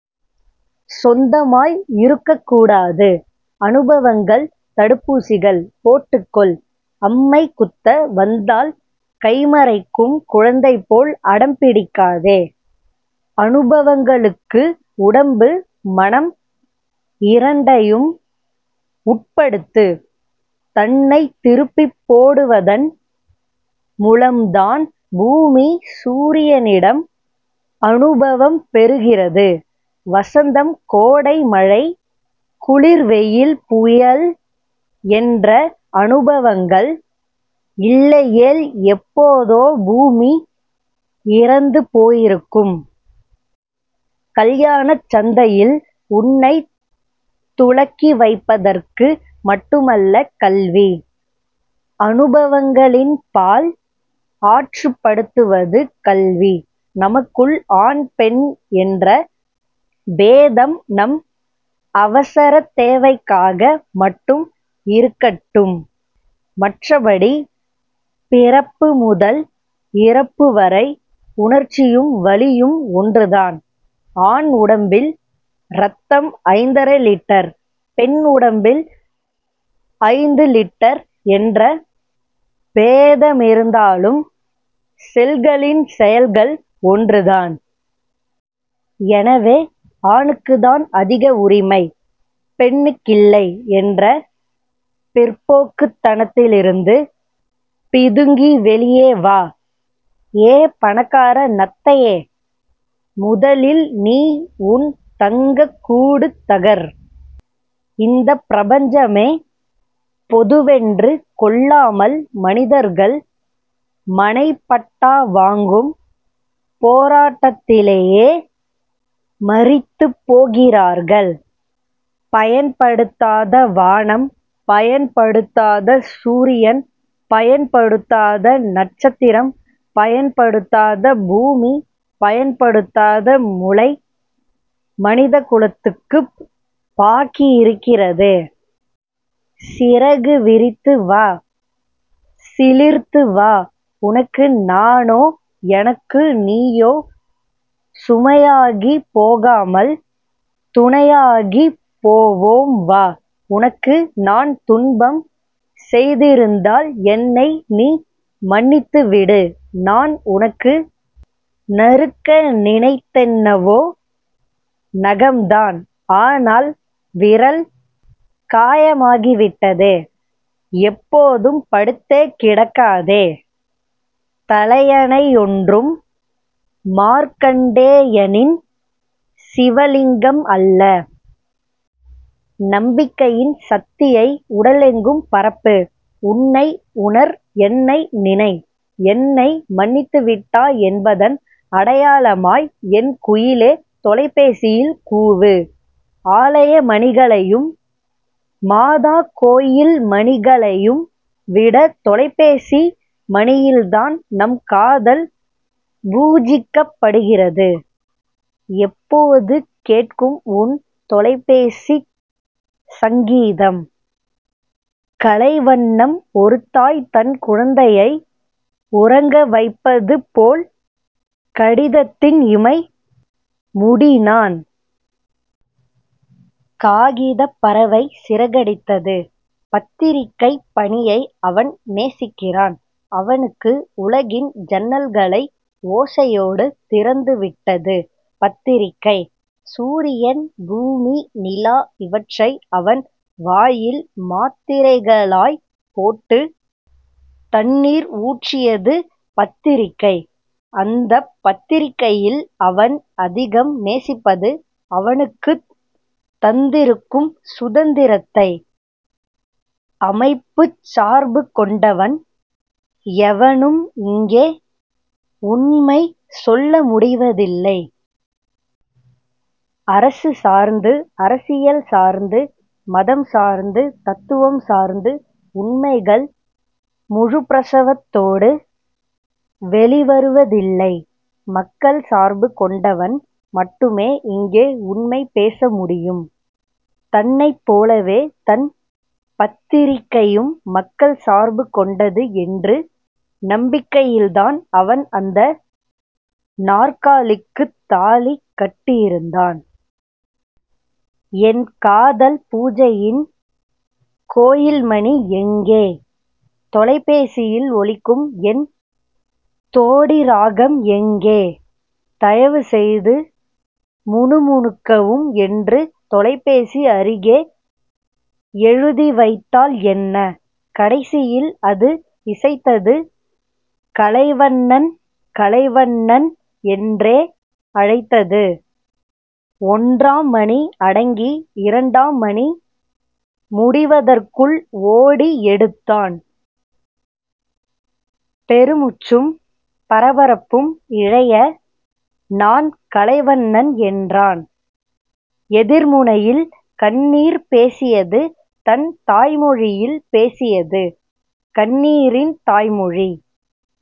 சொந்தமாய் இருக்கக்கூடாது. அனுபவங்கள் தடுப்பூசிகள். போட்டுக்கொள். அம்மைகுத்த வந்தால் கைமறைக்கும் குழந்தைபோல் அடம்பிடிக்காதே. அனுபவங்களுக்கு உடம்பு, மனம் இரண்டையும் உட்படுத்து. தன்னைத் திருப்பிப் போடுவதன் முலம்தான் பூமி சூரியனிடம் அனுபவம் பெறுகிறது. வசந்தம் கோடை மழை குளிர் வெயில் புயல் என்ற அனுபவங்கள் இல்லையேல் எப்போதோ பூமி இறந்துபோயிருக்கும். கல்யாணச் சந்தையில் உன்னைத் துலக்கிவைப்பதற்கு மட்டுமல்ல கல்வி. அனுபவங்களின்பால் ஆற்றுப்படுத்துவது கல்வி. நமக்குள் ஆண் பெண் என்ற பேதம் நம் அவசரத்தேவைக்காக மட்டும் இருக்கட்டும். மற்றபடி பிறப்புமுதல் இறப்புவரை உணர்ச்சியும் வலியும் ஒன்றுதான். ஆண் உடம்பில் ரத்தம் ஐந்தரை லிட்டர். பெண் உடம்பில் ஐந்து லிட்டர் என்ற பேதமிருந்தாலும் செல்களின் செயல்கள் ஒன்றுதான். எனவே ஆணுக்குத்தான் அதிக உரிமை. பெண்ணுக்கில்லை என்ற பிற்போக்குத்தனத்திலிருந்து பிதுங்கி வெளியே வா. ஏ பணக்கார நத்தையே. முதலில் நீ உன் தங்கக்கூடு தகர். இந்தப் பிரபஞ்சமே பொதுவென்று கொள்ளாமல் மனிதர்கள் மனைப்பட்டா வாங்கும் போராட்டத்திலேயே மரித்துப்போகிறார்கள். பயன்படுத்தாத வானம் பயன்படுத்தாத சூரியன் பயன்படுத்தாத நட்சத்திரம் பயன்படுத்தாத பூமி பயன்படுத்தாத முளை மனிதகுலத்துக்குப் பாக்கியிருக்கிறது. சிறகு விரித்து வா. சிலிர்த்து வா. உனக்கு நானோ எனக்கு நீயோ சுமையாகிப் போகாமல் துணையாகிப் போவோம் வா. உனக்கு நான் துன்பம் செய்திருந்தால் என்னை நீ மன்னித்துவிடு நான் உனக்கு நறுக்க நினைத்தென்னவோ நகம்தான். ஆனால், விரல் காயமாகிவிட்டது. எப்போதும் படுத்தே கிடக்காதே. தலையணையொன்றும் மார்க்கண்டேயனின் சிவலிங்கம் அல்ல. நம்பிக்கையின் சக்தியை உடலெங்கும் பரப்பு உன்னை உணர் என்னை நினை. என்னை மன்னித்துவிட்டாய் என்பதன் அடையாளமாய் என் குயிலே தொலைபேசியில் கூவு. ஆலயமணிகளையும் மாதாகோயில் மணிகளையும் விட தொலைபேசி மணியில்தான் நம் காதல் பூஜிக்கப்படுகிறது. எப்போது கேட்கும் உன் தொலைபேசிச் சங்கீதம்? கலைவண்ணன் ஒருதாய் தன் குழந்தையை உறங்கவைப்பது போல் கடிதத்தின் இமை முடினான். காகிதப் பறவை சிறகடித்தது. பத்திரிகைப் பணியை அவன் நேசிக்கிறான். அவனுக்கு உலகின் ஜன்னல்களை ஓசையோடு திறந்துவிட்டது பத்திரிகை. சூரியன் பூமி நிலா இவற்றை அவன் வாயில் மாத்திரைகளாய்ப் போட்டு தண்ணீர் ஊற்றியது பத்திரிகை. அந்தப் பத்திரிகையில் அவன் அதிகம் நேசிப்பது அவனுக்குத் தந்திருக்கும் சுதந்திரத்தை. அமைப்புச் சார்புகொண்டவன் எவனும் இங்கே உண்மை சொல்லமுடிவதில்லை. அரசு சார்ந்து அரசியல் சார்ந்து மதம் சார்ந்து தத்துவம் சார்ந்து உண்மைகள் முழுப்பிரசவத்தோடு வெளிவருவதில்லை. மக்கள் சார்பு கொண்டவன் மட்டுமே இங்கே உண்மை பேச முடியும். தன்னைப் போலவே தன் பத்திரிகையும் மக்கள் சார்பு கொண்டது என்ற நம்பிக்கையில்தான் அவன் அந்த நாற்காலிக்குத் தாலிக் கட்டியிருந்தான். என் காதல் பூஜையின் கோயில்மணி எங்கே? தொலைபேசியில் ஒலிக்கும் என் தோடி ராகம் எங்கே? தயவுசெய்து முணுமுணுக்கவும் என்று தொலைபேசி அருகே எழுதிவைத்தால் என்ன? கடைசியில் அது இசைத்தது கலைவண்ணன் கலைவண்ணன் என்றே அழைத்தது. ஒன்றாம் மணி அடங்கி இரண்டாம் மணி முடிவதற்குள் ஓடி எடுத்தான். பெருமுச்சும் பரபரப்பும் இழைய நான் கலைவண்ணன் என்றான். எதிர்முனையில் கண்ணீர் பேசியது தன் தாய்மொழியில் பேசியது. கண்ணீரின் தாய்மொழி